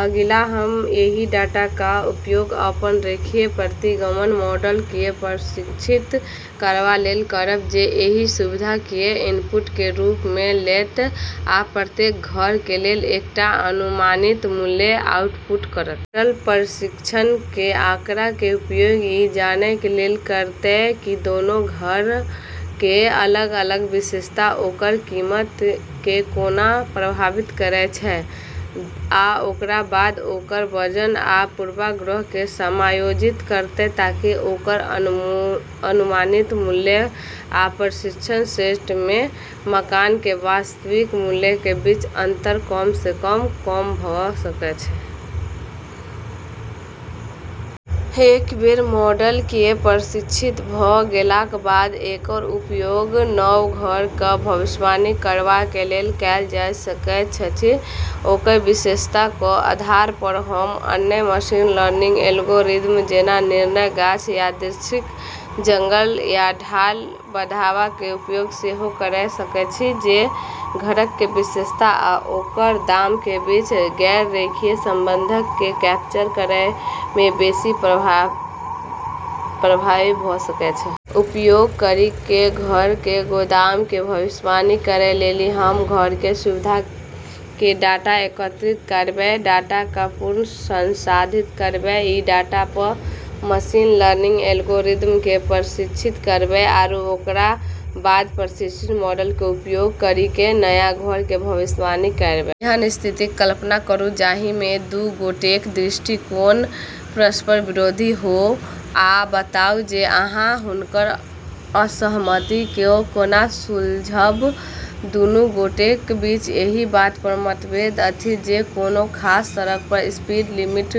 अगिला, हम एहि डाटा क उपयोग अपन रेखीय प्रतिगमन मॉडल कए प्रशिक्षित करबा लेल करब, जे एहि सुविधा कए इनपुट क रूप मे लेत आ प्रत्येक घर क लेल एकटा अनुमानित मूल्य आउटपुट करत। मॉडल प्रशिक्षण कें आंकड़ा कें उपयोग इ जानय कें लेल करतय कि कोनों घर कें अलग-अलग विशेषता ओकर कीमत कें कोना प्रभावित करय छै, आ ओकरा बाद ओकर वजन आ पूर्वाग्रह कें समायोजित करतय ताकि ओकर अनुमानित मूल्य आ प्रशिक्षण सेट मे मकान कें वास्तविक मूल्य कें बीच अंतर कम सं कम भ सकय. एक बेर मॉडल कए प्रशिक्षित भ गेलाक बाद एकर उपयोग नव घर क भविष्यवाणी करबा लेल कैल जा सकैत अछि, ओकर विशेषता क आधार पर। हम अन्य मशीन लर्निंग एल्गोरिदम जेना निर्णय गाछ, यादृच्छिक जंगल, या ढाल बढ़ावा कें उपयोग सेहो कयर सकय छी, जे घरक कें विशेषता आ ओकर दाम कें बीच गैर-रेखीय संबंधक कें कैप्चर करय मे बेसि प्रभावी भ सकय छै. उपयोग करी क॑ घरऽ के दाम के भविष्यवाणी करै लेली हम्मं॑ घरऽ के सुविधा के डाटा एकत्रित करबै, डाटा क॑ पूर्व-संसाधित करबै, ई डाटा प॑ मशीन लर्निंग एल्गोरिदम के प्रशिक्षित करबै, आरू ओकरा बाद प्रशिक्षित मॉडल के उपयोग करी क॑ नया घरऽ के भविष्यवाणी करबै। एहन स्थितिक कल्पना करू जाहि मे दू गोटेक दृष्टिकोण परस्पर विरोधी हो आ बताउ जे अहाँ हुनकर असहमति के कोना सुलझब। दुनू गोटेक बीच एहि बात पर मतभेद अछि जे कोनो खास सड़क पर स्पीड लिमिट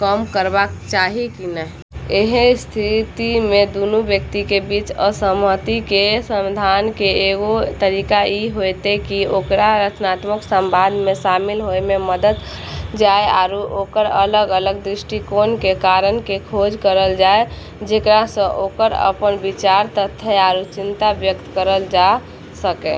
कम करबाक चाही कि नहि। ऐन्हऽ स्थिति म॑ दूनू व्यक्ति के बीच असहमति के समाधान के एगो तरीका ई होतै कि ओकरा रचनात्मक संवाद म॑ शामिल होय म॑ मदद करलऽ जाय आरू ओकरऽ अलग-अलग दृष्टिकोण के कारण के खोज करलऽ जाय, जेकरा स॑ ओकरा अपनऽ विचार, तथ्य आरू चिंता व्यक्त करलऽ जाय सक॑।